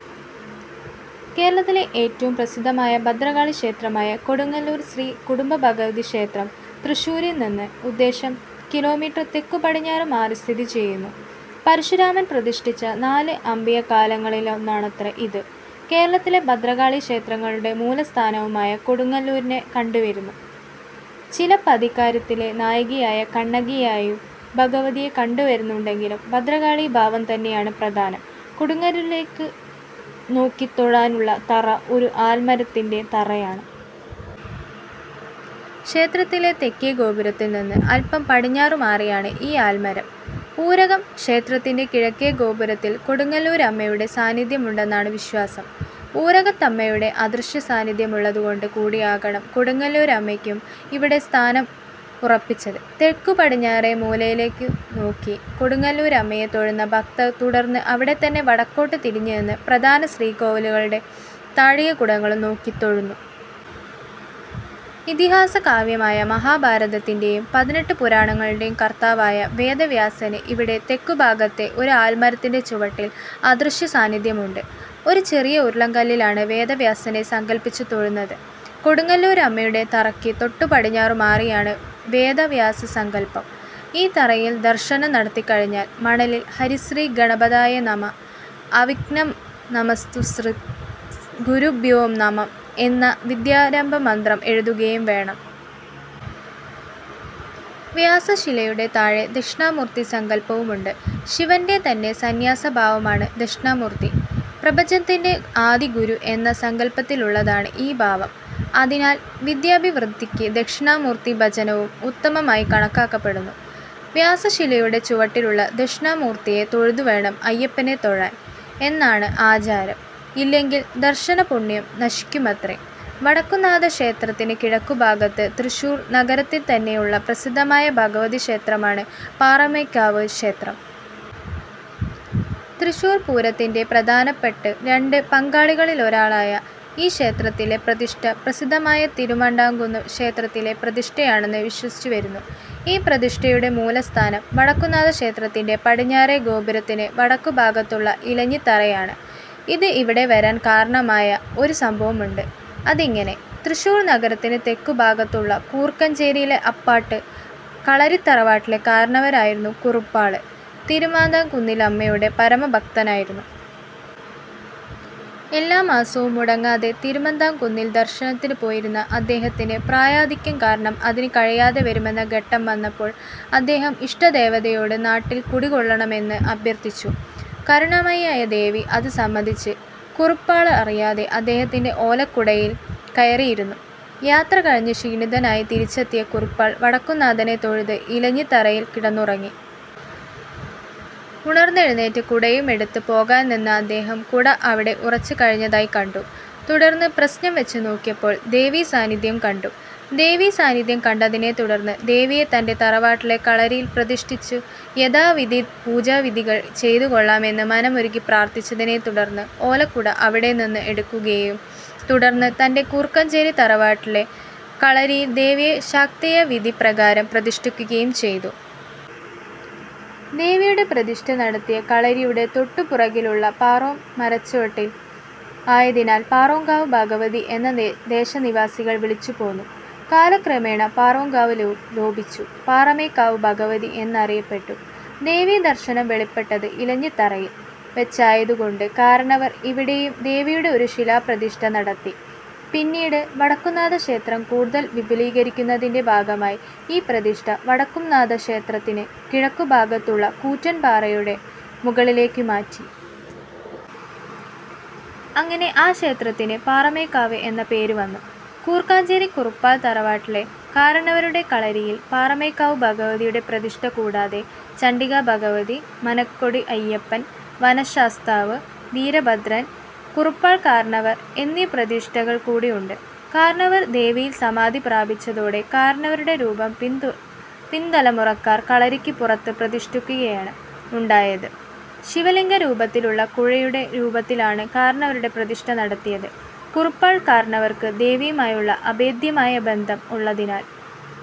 കേരളത്തിലെ ഏറ്റവും പ്രസിദ്ധമായ ഭദ്രകാളിക്ഷേത്രമായ കൊടുങ്ങല്ലൂർ ശ്രീ കുരുംബഭഗവതിക്ഷേത്രം തൃശ്ശൂരിൽ നിന്ന് ഉദ്ദേശം കിലോമീറ്റർ തെക്കുപടിഞ്ഞാറുമാറി സ്ഥിതിചെയ്യുന്നു. പരശുരാമൻ പ്രതിഷ്ഠിച്ച നാല് അംബികാലയങ്ങളിലൊന്നാണത്രേ ഇത്. കേരളത്തിലെ ഭദ്രകാളീക്ഷേത്രങ്ങളുടെ മൂലസ്ഥാനമായും കൊടുങ്ങല്ലൂരിനെ കണ്ടുവരുന്നു. ചിലപ്പതികാരത്തിലെ നായികയായ കണ്ണകിയായും ഭഗവതിയെ കണ്ടുവരുന്നുണ്ടെങ്കിലും ഭദ്രകാളീഭാവം തന്നെയാണ് പ്രധാനം. കൊടുങ്ങല്ലരിലേയ്ക്ക് നോക്കിത്തൊഴാനുള്ള തറ ഒരു ആൽമരത്തിന്റെ തറയാണ്. ക്ഷേത്രത്തിലെ തെക്കേ ഗോപുരത്തിൽനിന്ന് അല്പം പടിഞ്ഞാറുമാറിയാണ് ഈ ആൽമരം. ഊരകം ക്ഷേത്രത്തിന്റെ കിഴക്കേ ഗോപുരത്തിൽ കൊടുങ്ങല്ലൂരമ്മയുടെ സാന്നിദ്ധ്യമുണ്ടെന്നാണ് വിശ്വാസം. ഊരകത്തമ്മയുടെ അദൃശ്യസാന്നിദ്ധ്യമുള്ളതുകൊണ്ട് കൂടിയാകണം കൊടുങ്ങല്ലൂരമ്മയ്ക്കും ഇവിടെ സ്ഥാനം ഉറപ്പിച്ചത്. തെക്കുപടിഞ്ഞാറേമൂലയിലേയ്ക്കുനോക്കി കൊടുങ്ങല്ലൂരമ്മയെ തൊഴുന്ന ഭക്തർ തുടർന്ന് അവിടെത്തന്നെ വടക്കോട്ട് തിരിഞ്ഞുനിന്ന് പ്രധാന ശ്രീകോവിലുകളുടെ താഴികക്കുടങ്ങളും നോക്കിത്തൊഴുന്നു. ഇതിഹാസകാവ്യമായ മഹാഭാരതത്തിന്റെയും പതിനെട്ട് പുരാണങ്ങളുടെയും കർത്താവായ വേദവ്യാസന് ഇവിടെ തെക്കുഭാഗത്തെ ഒരു ആൽമരത്തിന്റെ ചുവട്ടിൽ അദൃശ്യസാന്നിദ്ധ്യമുണ്ട്. ഒരു ചെറിയ ഉരുളൻകല്ലിലാണ് വേദവ്യാസനെ സങ്കല്പിച്ചുതൊഴുന്നത്. കൊടുങ്ങല്ലൂരമ്മയുടെ തറയ്ക്ക് തൊട്ടുപടിഞ്ഞാറുമാറിയാണ് വേദവ്യാസസങ്കല്പം. ഈ തറയിൽ ദർശനം നടത്തിക്കഴിഞ്ഞാൽ മണലിൽ 'ഹരിശ്രീ ഗണപതയേ നമഃ അവിഘ്നമസ്തു ശ്രീ ഗുരുഭ്യോ നമഃ' എന്ന വിദ്യാരംഭമന്ത്രം എഴുതുകയും വേണം. വ്യാസശിലയുടെ താഴെ ദക്ഷിണാമൂർത്തിസങ്കല്പവുമുണ്ട്. ശിവന്റെ തന്നെ സന്യാസഭാവമാണ് ദക്ഷിണാമൂർത്തി. പ്രപഞ്ചത്തിന്റെ ആദിഗുരു എന്ന സങ്കല്പത്തിലുള്ളതാണ് ഈ ഭാവം. അതിനാൽ വിദ്യാഭിവൃദ്ധിയ്ക്ക് ദക്ഷിണാമൂർത്തിഭജനവും ഉത്തമമായി കണക്കാക്കപ്പെടുന്നു. വ്യാസശിലയുടെ ചുവട്ടിലുള്ള ദക്ഷിണാമൂർത്തിയെ തൊഴുതുവേണം അയ്യപ്പനെ തൊഴാൻ എന്നാണ് ആചാരം. ഇല്ലെങ്കിൽ ദർശനപുണ്യം നശിയ്ക്കുമത്രേ! വടക്കുംനാഥക്ഷേത്രത്തിന് കിഴക്കുഭാഗത്ത് തൃശ്ശൂർ നഗരത്തിൽത്തന്നെയുള്ള പ്രസിദ്ധമായ ഭഗവതിക്ഷേത്രമാണ് പാറമേക്കാവ് ക്ഷേത്രം. തൃശ്ശൂർ പൂരത്തിന്റെ പ്രധാനപ്പെട്ട് രണ്ട് പങ്കാളികളിലൊരാളായ ഈ ക്ഷേത്രത്തിലെ പ്രതിഷ്ഠ പ്രസിദ്ധമായ തിരുമാന്ധാംകുന്ന് ക്ഷേത്രത്തിലെ പ്രതിഷ്ഠയാണെന്ന് വിശ്വസിച്ചുവരുന്നു. ഈ പ്രതിഷ്ഠയുടെ മൂലസ്ഥാനം വടക്കുന്നാഥക്ഷേത്രത്തിന്റെ പടിഞ്ഞാറേ ഗോപുരത്തിന് വടക്കുഭാഗത്തുള്ള ഇലഞ്ഞിത്തറയാണ്. ഇത് ഇവിടെ വരാൻ കാരണമായ ഒരു സംഭവമുണ്ട്. അതിങ്ങനെ: തൃശ്ശൂർ നഗരത്തിന് തെക്കുഭാഗത്തുള്ള കൂർക്കഞ്ചേരിയിലെ അപ്പാട്ട് കളരിത്തറവാട്ടിലെ കാരണവരായിരുന്ന കുറുപ്പാൾ തിരുമാന്ധാംകുന്നിലമ്മയുടെ പരമഭക്തനായിരുന്നു. എല്ലാമാസവും മുടങ്ങാതെ തിരുമാന്ധാംകുന്നിൽ ദർശനത്തിനുപോയിരുന്ന അദ്ദേഹത്തിന് പ്രായാധിക്യം കാരണം അതിന് കഴിയാതെ വരുമെന്ന ഘട്ടം വന്നപ്പോൾ അദ്ദേഹം ഇഷ്ടദേവതയോട് നാട്ടിൽ കുടികൊള്ളണമെന്ന് അഭ്യർത്ഥിച്ചു. കരുണാമയിയായ ദേവി അത് സമ്മതിച്ച് കുറുപ്പാളറിയാതെ അദ്ദേഹത്തിന്റെ ഓലക്കുടയിൽ കയറിയിരുന്നു. യാത്രകഴിഞ്ഞ് ക്ഷീണിതനായി തിരിച്ചെത്തിയ കുറുപ്പാൾ വടക്കുംനാഥനെ തൊഴുത് ഇലഞ്ഞിത്തറയിൽ കിടന്നുറങ്ങി. ഉണർന്നെഴുന്നേറ്റ് കുടയുമെടുത്ത് പോകാൻ നിന്ന അദ്ദേഹം കുട അവിടെ ഉറച്ചുകഴിഞ്ഞതായി കണ്ടു. തുടർന്ന് പ്രശ്നം വച്ചുനോക്കിയപ്പോൾ ദേവീസാന്നിദ്ധ്യം കണ്ടു. ദേവീ സാന്നിധ്യം കണ്ടതിനെ തുടർന്ന് ദേവിയെ തന്റെ തറവാട്ടിലെ കളരിയിൽ പ്രതിഷ്ഠിച്ചു യഥാവിധി പൂജാവിധികൾ ചെയ്തു കൊള്ളാം എന്ന് മനമുരുകി പ്രാർത്ഥിച്ചതിനെ തുടർന്ന് ഓലക്കുട അവിടെ നിന്നും എടുക്കുകയും തുടർന്ന് തന്റെ കൂർക്കഞ്ചേരി തറവാട്ടിലെ കളരിയിൽ ദേവിയെ ശാക്തേയവിധി പ്രകാരം പ്രതിഷ്ഠിയ്ക്കുകയും ചെയ്തു. ദേവിയുടെ പ്രതിഷ്ഠ നടത്തിയ കളരിയുടെ തൊട്ടു പുറകിലുള്ള പാറോം മരച്ചുവട്ടിൽ ആയതിനാൽ പാറോംകാവ് ഭഗവതി എന്ന് ദേശനിവാസികൾ വിളിച്ചു പോന്നു. കാലക്രമേണ പാറോംകാവ് ലോഭിച്ചു പാറമേക്കാവ് ഭഗവതി എന്നറിയപ്പെട്ടു. ദേവീദർശനം വെളിപ്പെട്ടത് ഇലഞ്ഞിത്തറയിൽ വെച്ചായത് കൊണ്ട് കാരണവർ ഇവിടെയും ദേവിയുടെ ഒരു ശിലാപ്രതിഷ്ഠ നടത്തി. പിന്നീട് വടക്കുംനാഥ ക്ഷേത്രം കൂടുതൽ വിപുലീകരിക്കുന്നതിന്റെ ഭാഗമായി ഈ പ്രതിഷ്ഠ വടക്കുംനാഥക്ഷേത്രത്തിന് കിഴക്കുഭാഗത്തുള്ള കൂറ്റൻ പാറയുടെ മുകളിലേയ്ക്കുമാറ്റി. അങ്ങനെ ആ ക്ഷേത്രത്തിന് പാറമേക്കാവ് എന്ന പേരുവന്നു. കൂർക്കഞ്ചേരി കുറുപ്പാൾ തറവാട്ടിലെ കാരണവരുടെ കളരിയിൽ പാറമേക്കാവ് ഭഗവതിയുടെ പ്രതിഷ്ഠ കൂടാതെ ചണ്ഡികാഭഗവതി, മനക്കൊടി അയ്യപ്പൻ, വനശാസ്താവ്, വീരഭദ്രൻ, കുറുപ്പാൾ കാരണവർ എന്നീ പ്രതിഷ്ഠകൾ കൂടിയുണ്ട്. കാരണവർ ദേവിയിൽ സമാധി പ്രാപിച്ചതോടെ കാരണവരുടെ രൂപം പിന്തലമുറക്കാർ കളരിക്ക് പുറത്ത് പ്രതിഷ്ഠിക്കുകയാണ് ഉണ്ടായത്. ശിവലിംഗരൂപത്തിലുള്ള കുഴയുടെ രൂപത്തിൽ ആണ് കാരണവരുടെ പ്രതിഷ്ഠ നടത്തിയത്. കുറുപ്പാൾ കാരണവർക്ക് ദേവിയുമായുള്ള അഭേദ്ധ്യമായ ബന്ധം ഉള്ളതിനാൽ